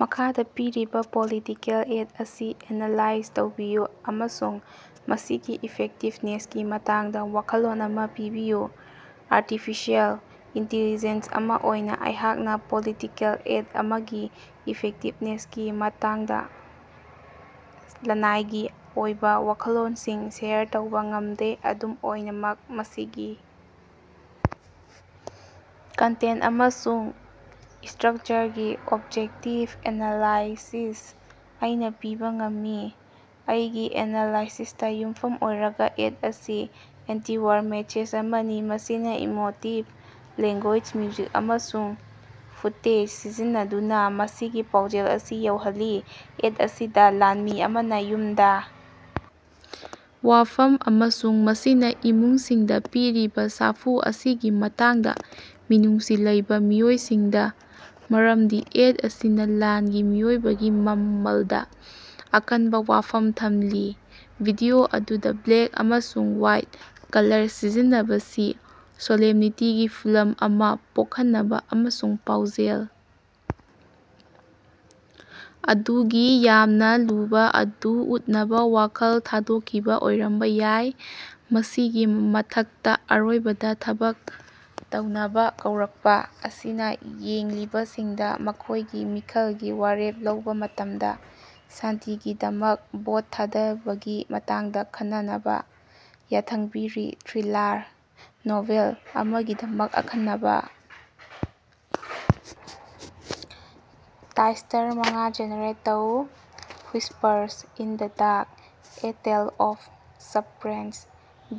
ꯃꯈꯥꯗꯥ ꯄꯤꯔꯤꯕꯥ political ad ꯑꯁꯤ ꯑꯦꯅꯥꯂꯥꯏꯖ ꯇꯧꯕꯤꯌꯨ ꯑꯃꯁꯨꯡ ꯃꯁꯤꯒꯤ ꯏꯐꯦꯛꯇꯤꯕꯅꯦꯁꯀꯤ ꯃꯇꯥꯡꯗꯥ ꯋꯥꯈꯜꯂꯣꯟ ꯑꯃꯥ ꯄꯤꯕꯤꯌꯨ꯫ ꯑꯔꯇꯤꯐꯤꯁꯦꯜ ꯏꯟꯇꯤꯂꯤꯖꯦꯟꯁ ꯑꯃꯥ ꯑꯣꯏꯅꯥ ꯑꯩꯍꯥꯛꯅꯥ ꯄꯣꯂꯤꯇꯤꯀꯦꯜ ꯑꯦꯗ ꯑꯃꯒꯤ ꯏꯐꯦꯛꯇꯤꯕꯅꯦꯁꯀꯤ ꯃꯇꯥꯡꯗꯥ ꯂꯅꯥꯏꯒꯤ ꯑꯣꯏꯕꯥ ꯋꯥꯈꯜꯂꯣꯟꯁꯤꯡ ꯁꯦꯌꯔ ꯇꯧꯕꯥ ꯉꯝꯗꯦ꯫ ꯑꯗꯨꯝ ꯑꯣꯏꯅꯃꯛ ꯃꯁꯤꯒꯤ ꯀꯟꯇꯦꯟꯇ ꯑꯃꯁꯨꯡ ꯏꯁꯇ꯭ꯔꯛꯆꯔꯒꯤ ꯑꯣꯕꯖꯦꯛꯇꯤꯕ ꯑꯦꯅꯥꯂꯥꯏꯁꯤꯁ ꯑꯩꯅꯥ ꯄꯤꯕꯥ ꯉꯝꯃꯤ꯫ ꯑꯩꯒꯤ ꯑꯦꯅꯥꯂꯥꯏꯁꯤꯁꯇꯥ ꯌꯨꯝꯐꯝ ꯑꯣꯏꯔꯒꯥ ꯑꯦꯗ ꯑꯁꯤ ꯑꯦꯟꯇꯤ-ꯋꯥꯔ ꯃꯦꯁꯦꯖ ꯑꯃꯅꯤ ꯃꯁꯤꯅꯥ ꯏꯃꯣꯇꯤꯕ ꯂꯦꯡꯒꯣꯏꯖ, ꯃ꯭ꯌꯨꯖꯤꯛ ꯑꯃꯁꯨꯡ ꯐꯨꯇꯦꯖ ꯁꯤꯖꯤꯟꯅꯗꯨꯅꯥ ꯃꯁꯤꯒꯤ ꯄꯥꯎꯖꯦꯜ ꯑꯁꯤ ꯌꯧꯍꯜꯂꯤ꯫ ꯑꯦꯗ ꯑꯁꯤꯗꯥ ꯂꯥꯟꯃꯤ ꯑꯃꯅꯥ ꯌꯨꯝꯗꯥ ꯋꯥꯐꯝ ꯑꯃꯁꯨꯡ ꯃꯁꯤꯅꯥ ꯏꯃꯨꯡꯁꯤꯡꯗꯥ ꯄꯤꯔꯤꯕꯥ ꯁꯥꯐꯨ ꯑꯁꯤꯒꯤ ꯃꯇꯥꯡꯗꯥ ꯃꯤꯅꯨꯡꯁꯤ ꯂꯩꯕꯥ ꯃꯤꯑꯣꯏꯁꯤꯡꯗꯥ, ꯃꯔꯝꯗꯤ ꯑꯦꯗ ꯑꯁꯤꯅꯥ ꯂꯥꯟꯒꯤ ꯃꯤꯑꯣꯏꯕꯒꯤ ꯃꯃꯜꯗꯥ ꯑꯀꯟꯕꯥ ꯋꯥꯐꯝ ꯊꯝꯂꯤ꯫ ꯚꯤꯗꯤꯑꯣ ꯑꯗꯨꯗꯥ ꯕ꯭ꯂꯦꯛ ꯑꯃꯁꯨꯡ ꯍ꯭ꯋꯥꯏꯠ ꯀꯂꯔ ꯁꯤꯖꯤꯟꯅꯕꯁꯤ ꯁꯣꯂꯦꯝꯅꯤꯇꯤꯒꯤ ꯐꯤꯚꯝ ꯑꯃꯥ ꯄꯣꯛꯍꯟꯅꯕꯥ ꯑꯃꯁꯨꯡ ꯄꯥꯎꯖꯦꯜ ꯑꯗꯨꯒꯤ ꯌꯥꯝꯅꯥ ꯂꯨꯕꯥ ꯑꯗꯨ ꯎꯠꯅꯕꯥ ꯋꯥꯈꯜ ꯊꯥꯗꯣꯛꯈꯤꯕꯥ ꯑꯣꯏꯔꯝꯕꯥ ꯌꯥꯏ꯫ ꯃꯁꯤꯒꯤ ꯃꯊꯛꯇꯥ, ꯑꯔꯣꯏꯕꯗꯥ ꯊꯕꯛ ꯇꯧꯅꯕꯥ ꯀꯧꯔꯛꯄꯥ ꯑꯁꯤꯅꯥ ꯌꯦꯡꯂꯤꯕꯁꯤꯡꯗꯥ ꯃꯈꯣꯏꯒꯤ ꯃꯤꯈꯜꯒꯤ ꯋꯥꯔꯦꯞ ꯂꯧꯕꯥ ꯃꯇꯝꯗꯥ ꯁꯥꯟꯇꯤꯒꯤꯗꯃꯛ ꯚꯣꯠ ꯊꯥꯗꯕꯒꯤ ꯃꯇꯥꯡꯗꯥ ꯈꯟꯅꯅꯕꯥ ꯌꯥꯊꯪ ꯄꯤꯔꯤ꯫ ꯊ꯭ꯔꯤꯂꯥꯔ ꯅꯣꯚꯦꯜ ꯑꯃꯒꯤꯗꯃꯛ ꯑꯈꯟꯅꯕꯥ ꯇꯥꯏꯇꯜ ꯃꯉꯥ ꯖꯦꯅꯦꯔꯦꯠ ꯇꯧ꯫ "Whispers in the dark: a tale of suspense",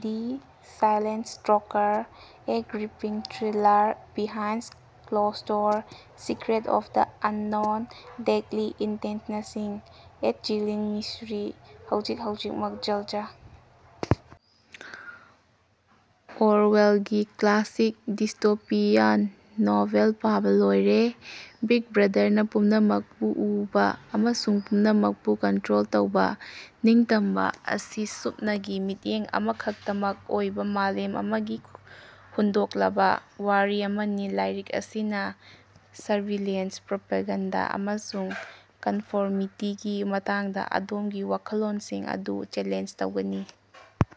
"the silent stalker: a gripping thriller", "behind closed doors: secrets of the unknown", "deadly ꯏꯟꯇꯦꯟꯁꯅꯁꯤꯡ: ꯑꯦ ꯆꯤꯂꯤꯡ ꯃꯤꯁ꯭ꯠꯔꯤ"꯫ ꯍꯧꯖꯤꯛ ꯍꯧꯖꯤꯛꯃꯛ ꯖꯔꯖ ꯑꯣꯔꯋꯦꯜꯒꯤ ꯀ꯭ꯂꯥꯁꯤꯛ ꯗꯤꯁꯇꯣꯄꯤꯌꯥꯟ ꯅꯣꯚꯦꯜ, ꯄꯥꯕꯥ ꯂꯣꯏꯔꯦ, big ꯕ꯭ꯔꯥꯗꯥꯔꯅꯥ ꯄꯨꯝꯅꯃꯛꯄꯨ ꯎꯕꯥ ꯑꯃꯁꯨꯡ ꯄꯨꯝꯅꯃꯛꯄꯨ ꯀꯟꯇ꯭ꯔꯣꯜ ꯇꯧꯕꯥ, ꯅꯤꯡꯇꯝꯕꯥ ꯑꯁꯤ ꯁꯨꯞꯅꯒꯤ ꯃꯤꯠꯌꯦꯡ ꯑꯃꯈꯛꯇꯃꯛ ꯑꯣꯏꯕꯥ ꯃꯥꯂꯦꯝ ꯑꯃꯒꯤ ꯍꯨꯟꯗꯣꯛꯂꯕꯥ ꯋꯥꯔꯤ ꯑꯃꯅꯤ꯫ ꯂꯥꯏꯔꯤꯛ ꯑꯁꯤꯅꯥ ꯁꯔꯚꯤꯂꯦꯟꯁ, ꯄ꯭ꯔꯣꯄꯥꯒꯥꯟꯗꯥ ꯑꯃꯁꯨꯡ ꯀꯟꯐꯣꯔꯃꯤꯇꯤꯒꯤ ꯃꯇꯥꯡꯗꯥ ꯑꯗꯣꯝꯒꯤ ꯋꯥꯈꯜꯂꯣꯟꯁꯤꯡ ꯑꯗꯨ ꯆꯦꯂꯦꯟꯖ ꯇꯧꯒꯅꯤ꯫